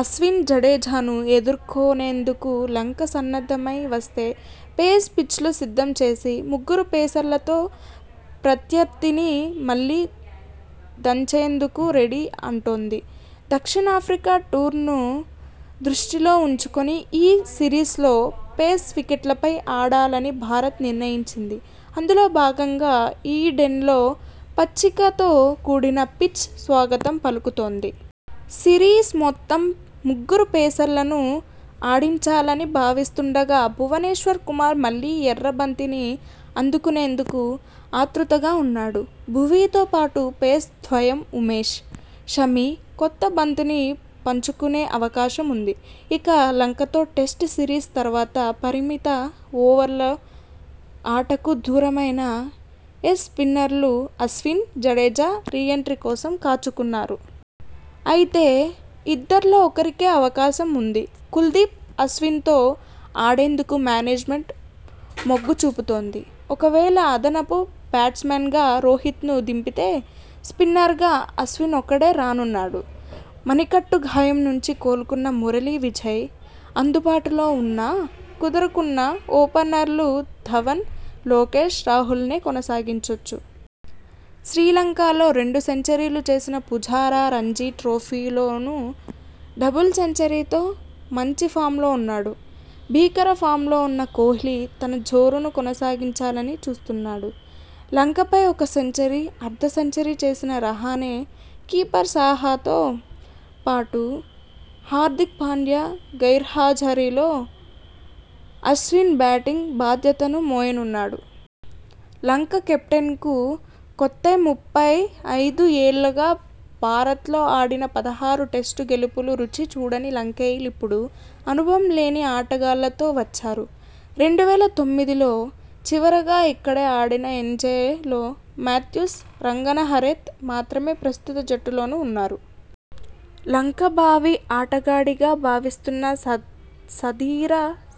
అశ్విన్, జడేజాను ఎదుర్కొ నేందుకు లంక సన్నద్ధమై వస్తే పేస్ పిచ్లు సిద్ధం చేసి, ముగ్గురు పేసర్లతో ప్రత్యర్థిని మళ్లీ దంచేందుకు రెడీ అంటోంది. దక్షిణాఫ్రికా టూర్ను దృష్టిలో ఉంచుకొని ఈ సిరీస్లో పేస్ వికెట్లపై ఆడాలని భారత్ నిర్ణయించింది. అందులో భాగంగా ఈడెన్లో పచ్చికతో కూడిన పిచ్ స్వాగతం పలుకుతోంది. సిరీస్ మొత్తం ముగ్గురు పేసర్లను ఆడించాలని భావిస్తుండగా భువనేశ్వర్ కుమార్ మళ్లీ ఎర్ర బంతిని అందుకునేందుకు ఆతృతగా ఉన్నాడు. భువీతో పాటు పేస్ ద్వయం ఉమేష్, షమి కొత్త బంతిని పంచుకునే అవకాశం ఉంది. ఇక, లంకతో టెస్టు సిరీస్ తర్వాత పరిమిత ఓవర్ల ఆటకు దూరమైన ఏస్ స్పిన్నర్లు అశ్విన్, జడేజా రీ ఎంట్రీ కోసం కాచుకున్నారు. అయితే, ఇద్దరిలో ఒకరికే అవకాశం ఉంది. కుల్దీప్, అశ్విన్తో ఆడేందుకు మేనేజ్మెంట్ మొగ్గు చూపుతోంది. ఒకవేళ అదనపు బ్యాట్స్మన్గా రోహిత్ను దింపితే స్పిన్నర్గా అశ్విన్ ఒక్కడే రానున్నాడు. మణికట్టు గాయం నుంచి కోలుకున్న మురళీ విజయ్ అందుబాటులో ఉన్నా కుదురుకున్న ఓపెనర్లు ధవన్, లోకేష్ రాహుల్నే కొనసాగించొచ్చు. శ్రీలంకలో రెండు సెంచరీ లు చేసిన పుజారా రంజీ ట్రోఫీలోనూ డబుల్ సెంచరీతో మంచి ఫామ్లో ఉన్నాడు. భీకర ఫామ్లో ఉన్న కోహ్లీ తన జోరును కొనసాగించాలని చూస్తున్నాడు. లంక పై ఒక సెంచ రీ, అర్ధ సెంచరీ చేసిన రహానె, కీపర్ సాహాతో పాటు హార్దిక్ పాండ్యా గైర్హాజరీలో అశ్విన్ బ్యాటింగ్ బాధ్యతలు మోయనున్నాడు. లంక కెప్టెన్కూ కొత్తే ముప్పై ఐదు ఏళ్లుగా భారత్లో ఆడిన పదహారు టెస్టు గెలుపు రుచి చూడని లంకేయులు ఇప్పుడు అనుభవం లేని ఆటగాళ్లతో వచ్చారు. రెండు వేల తొమ్మిదిలో చివరగా ఇక్కడ ఆడిన ఏంజెలో మాథ్యూ స్, రంగన హెరాత్ మాత్రమే ప్రస్తుత జట్టులోనూ ఉన్నారు. లంక భావి ఆటగాడిగా భావిస్తున్న సదీర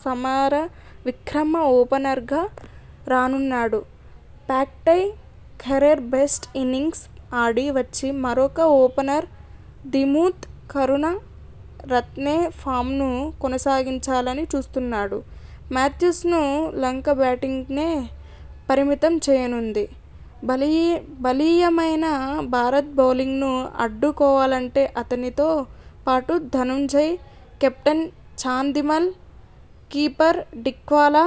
సమరవిక్రమ ఓపెనర్గా రానున్నాడు పాక్పై కెరీర్ బెస్ట్ ఇన్నింగ్స్ ఆడి వచ్చిన మరో ఓపెనర్ దిమూత్ కరుణ రత్నె ఫామ్ను కొనసాగించాలని చూస్తున్నాడు. మాథ్యూస్ను లంక బ్యాటింగ్కే పరిమితం చేయనుంది. బలి బలీయమైన భారత బౌలింగ్ను అడ్డు కోవాలంటే అతనితో పాటు ధనంజయ, కెప్టెన్ చాందిమల్, కీపర్ డిక్వలా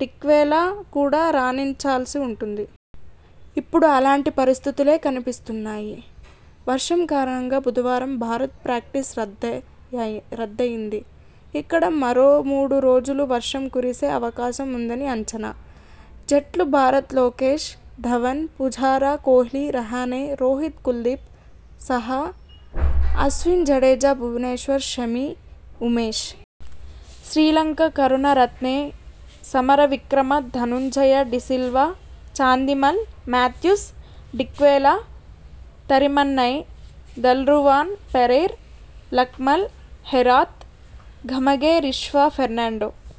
డిక్వెలా కూడా రాణించాల్సి ఉంటుంది. ఇప్పుడూ అలాంటి పరిస్థితులే కనిపిస్తున్నాయి. వర్షం కారణంగా బుధవారం భారత ప్రాక్టీస్ రద్దెయి రద్దయింది. ఇక్కడ మరో మూడు రోజులూ వర్షం కురిసే అవకాశం ఉందని అంచనా. జట్లు భారత్ లోకేశ్, ధవన్, పుజారా, కోహ్లీ, రహానె, రోహిత్ కుల్దీప్, సాహా, అశ్విన్ జడేజా, భువనేశ్వర్, షమి, ఉమేష్. Sri Lanka Karunaratne, Samarawickrama, Dhananjaya de Silva, Chandimal, Mathews, Dickwella, Thirimanne, Dilruwan Perera, Lakmal, Herath, Gamage Vishwa Fernando.